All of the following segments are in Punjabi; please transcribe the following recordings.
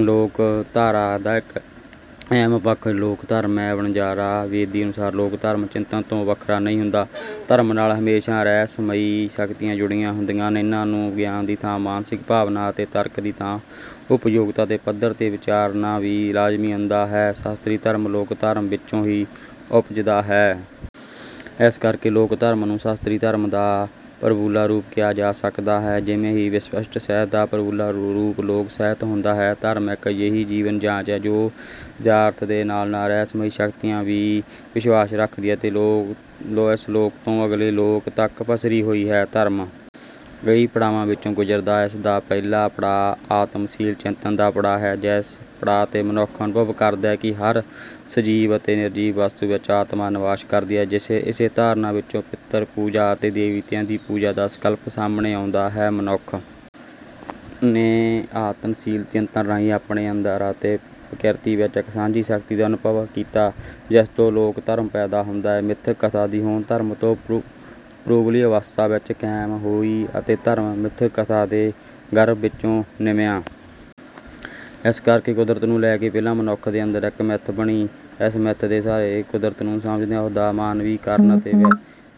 ਲੋਕਧਾਰਾ ਦਾ ਇੱਕ ਅਹਿਮ ਪੱਖ ਲੋਕ-ਧਰਮ ਹੈ। ਵਣਜਾਰਾ ਬੇਦੀ ਅਨੁਸਾਰ ਲੋਕ-ਧਰਮ ਚਿੰਤਨ ਤੋਂ ਵੱਖਰਾ ਨਹੀਂ ਹੁੰਦਾ। ਧਰਮ ਨਾਲ ਹਮੇਸ਼ਾ ਰਹੱਸਮਈ ਸ਼ਕਤੀਆਂ ਜੁੜੀਆਂ ਹੁੰਦੀਆਂ ਹਨ। ਇਨ੍ਹਾਂ ਨੂੰ ਵਿਗਿਆਨ ਦੀ ਥਾਂ ਮਾਨਸਿਕ ਭਾਵਨਾਵਾਂ ਅਤੇ ਤਰਕ ਦੀ ਥਾਂ ਉਪਯੋਗਤਾ ਦੇ ਪੱਧਰ ’ਤੇ ਵਿਚਾਰਨਾ ਵੀ ਲਾਜ਼ਮੀ ਹੁੰਦਾ ਹੈ ਸ਼ਾਸਤਰੀ ਧਰਮ ਲੋਕ-ਧਰਮ ਵਿੱਚੋਂ ਹੀ ਉਪਜਦਾ ਹੈ। ਇਸ ਕਰਕੇ ਲੋਕ-ਧਰਮ ਨੂੰ ਸ਼ਾਸਤਰੀ ਧਰਮ ਦਾ ਪੂਰਬਲਾ ਰੂਪ ਕਿਹਾ ਜਾ ਸਕਦਾ ਹੈ, ਜਿਵੇਂ ਵਿਸ਼ਿਸ਼ਟ ਸਾਹਿਤ ਦਾ ਪੂਰਬਲਾ ਰੂਪ ਲੋਕ-ਸਾਹਿਤ ਹੁੰਦਾ ਹੈ। ਧਰਮ ਇੱਕ ਅਜਿਹੀ ਜੀਵਨ-ਜਾਚ ਹੈ ਜੋ ਯਥਾਰਥ ਦੇ ਨਾਲ-ਨਾਲ ਰਹੱਸਮਈ ਸ਼ਕਤੀਆਂ ਵਿੱਚ ਵੀ ਵਿਸ਼ਵਾਸ ਰੱਖਦੀ ਹੈ ਅਤੇ ਇਸ ਲੋਕ ਤੋਂ ਅਗਲੇ ਲੋਕ ਤੱਕ ਪਸਰੀ ਹੋਈ ਹੈ। ਧਰਮ ਕਈ ਪੜਾਵਾਂ ਵਿੱਚੋਂ ਗੁਜ਼ਰਦਾ ਹੈ, ਜਿਸ ਦਾ ਪਹਿਲਾ ਪੜਾਅ ਆਤਮਸ਼ੀਲ ਚਿੰਤਨ ਦਾ ਪੜਾਅ ਹੈ। ਇਸ ਪੜਾਅ ’ਤੇ ਮਨੁੱਖ ਅਨੁਭਵ ਕਰਦਾ ਹੈ ਕਿ ਹਰ ਸਜੀਵ ਅਤੇ ਨਿਰਜੀਵ ਵਸਤੂ ਵਿੱਚ ਆਤਮਾ ਨਿਵਾਸ ਕਰਦੀ ਹੈ। ਇਸੇ ਧਾਰਨਾ ਵਿੱਚੋਂ ਪਿਤਰ-ਪੂਜਾ ਅਤੇ ਦੇਵਤਿਆਂ ਦੀ ਪੂਜਾ ਦਾ ਸੰਕਲਪ ਸਾਹਮਣੇ ਆਉਂਦਾ ਹੈ। ਮਨੁੱਖ ਨੇ ਆਤਮਸ਼ੀਲ ਚਿੰਤਨ ਰਾਹੀਂ ਆਪਣੇ ਅੰਦਰ ਅਤੇ ਪ੍ਰਕਿਰਤੀ ਵਿੱਚ ਇੱਕ ਸਾਂਝੀ ਸ਼ਕਤੀ ਦਾ ਅਨੁਭਵ ਕੀਤਾ, ਜਿਸ ਤੋਂ ਲੋਕ-ਧਰਮ ਪੈਦਾ ਹੁੰਦਾ ਹੈ ਮਿਥਕ-ਕਥਾ ਦੀ ਹੋਂਦ ਧਰਮ ਤੋਂ ਪੂਰਬਲੀ ਅਵਸਥਾ ਵਿੱਚ ਕਾਇਮ ਹੋਈ ਅਤੇ ਧਰਮ ਮਿਥਕ-ਕਥਾ ਦੇ ਗਰਭ ਵਿੱਚੋਂ ਨਿਮਿਆ। ਇਸ ਕਰਕੇ ਕੁਦਰਤ ਨੂੰ ਲੈ ਕੇ ਪਹਿਲਾਂ ਮਨੁੱਖ ਦੇ ਅੰਦਰ ਇੱਕ ਮਿੱਥ ਬਣੀ। ਇਸ ਮਿੱਥ ਦੇ ਸਹਾਰੇ ਕੁਦਰਤ ਨੂੰ ਸਮਝਦਿਆਂ ਉਸ ਦਾ ਮਾਨਵੀਕਰਨ ਅਤੇ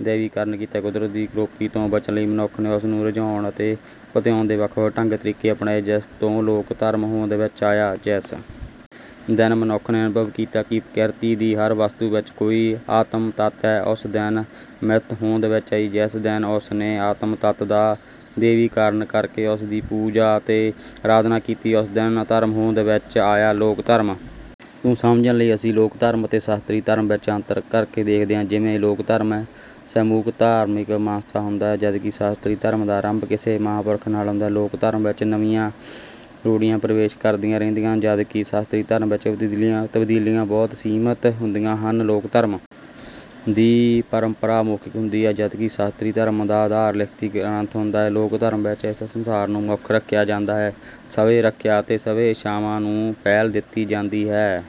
ਦੈਵੀਕਰਨ ਕੀਤਾ ਗਿਆ। ਕੁਦਰਤ ਦੀ ਕ੍ਰੋਪੀ ਤੋਂ ਬਚਣ ਲਈ ਮਨੁੱਖ ਨੇ ਉਸ ਨੂੰ ਰਿਝਾਉਣ ਅਤੇ ਪਤਿਆਉਣ ਦੇ ਵੱਖ-ਵੱਖ ਢੰਗ-ਤਰੀਕੇ ਅਪਣਾਏ, ਜਿਸ ਤੋਂ ਲੋਕ-ਧਰਮ ਹੋਂਦ ਵਿੱਚ ਆਇਆ। ਜਿਸ ਦਿਨ ਮਨੁੱਖ ਨੇ ਅਨੁਭਵ ਕੀਤਾ ਕਿ ਪ੍ਰਕਿਰਤੀ ਦੀ ਹਰ ਵਸਤੂ ਵਿੱਚ ਕੋਈ ਆਤਮ-ਤੱਤ ਹੈ, ਉਸ ਦਿਨ ਮਿੱਥ ਹੋਂਦ ਵਿੱਚ ਆਈ। ਜਿਸ ਦਿਨ ਉਸ ਨੇ ਆਤਮ-ਤੱਤ ਦਾ ਦੈਵੀਕਰਨ ਕਰਕੇ ਉਸ ਦੀ ਪੂਜਾ ਅਤੇ ਅਰਾਧਨਾ ਕੀਤੀ, ਉਸ ਦਿਨ ਧਰਮ ਹੋਂਦ ਵਿੱਚ ਆਇਆ। ਲੋਕ-ਧਰਮ ਨੂੰ ਸਮਝਣ ਲਈ ਅਸੀਂ ਲੋਕ-ਧਰਮ ਅਤੇ ਸ਼ਾਸਤਰੀ ਧਰਮ ਵਿੱਚ ਅੰਤਰ ਕਰਕੇ ਦੇਖਦੇ ਹਾਂ। ਜਿਵੇਂ ਲੋਕ-ਧਰਮ ਸਮੂਹਿਕ ਧਾਰਮਿਕ ਮਾਨਸਿਕਤਾ ਹੁੰਦਾ ਹੈ, ਜਦਕਿ ਸ਼ਾਸਤਰੀ ਧਰਮ ਦਾ ਆਰੰਭ ਕਿਸੇ ਮਹਾਂਪੁਰਖ ਨਾਲ ਹੁੰਦਾ ਹੈ। ਲੋਕ-ਧਰਮ ਵਿੱਚ ਨਵੀਆਂ ਰੂੜੀਆਂ ਪ੍ਰਵੇਸ਼ ਕਰਦੀਆਂ ਰਹਿੰਦੀਆਂ ਹਨ, ਜਦਕਿ ਸ਼ਾਸਤਰੀ ਧਰਮ ਵਿੱਚ ਤਬਦੀਲੀਆਂ ਬਹੁਤ ਸੀਮਿਤ ਹੁੰਦੀਆਂ ਹਨ। ਲੋਕ-ਧਰਮ ਦੀ ਪਰੰਪਰਾ ਮੌਖਿਕ ਹੁੰਦੀ ਹੈ, ਜਦਕਿ ਸ਼ਾਸਤਰੀ ਧਰਮ ਦਾ ਆਧਾਰ ਲਿਖਤੀ ਗ੍ਰੰਥ ਹੁੰਦਾ ਹੈ। ਲੋਕ-ਧਰਮ ਵਿੱਚ ਇਸ ਸੰਸਾਰ ਨੂੰ ਮੁੱਖ ਰੱਖਿਆ ਜਾਂਦਾ ਹੈ। ਸਵੈ-ਰੱਖਿਆ ਅਤੇ ਸਵੈ-ਇੱਛਾਵਾਂ ਨੂੰ ਪਹਿਲ ਦਿੱਤੀ ਜਾਂਦੀ ਹੈ।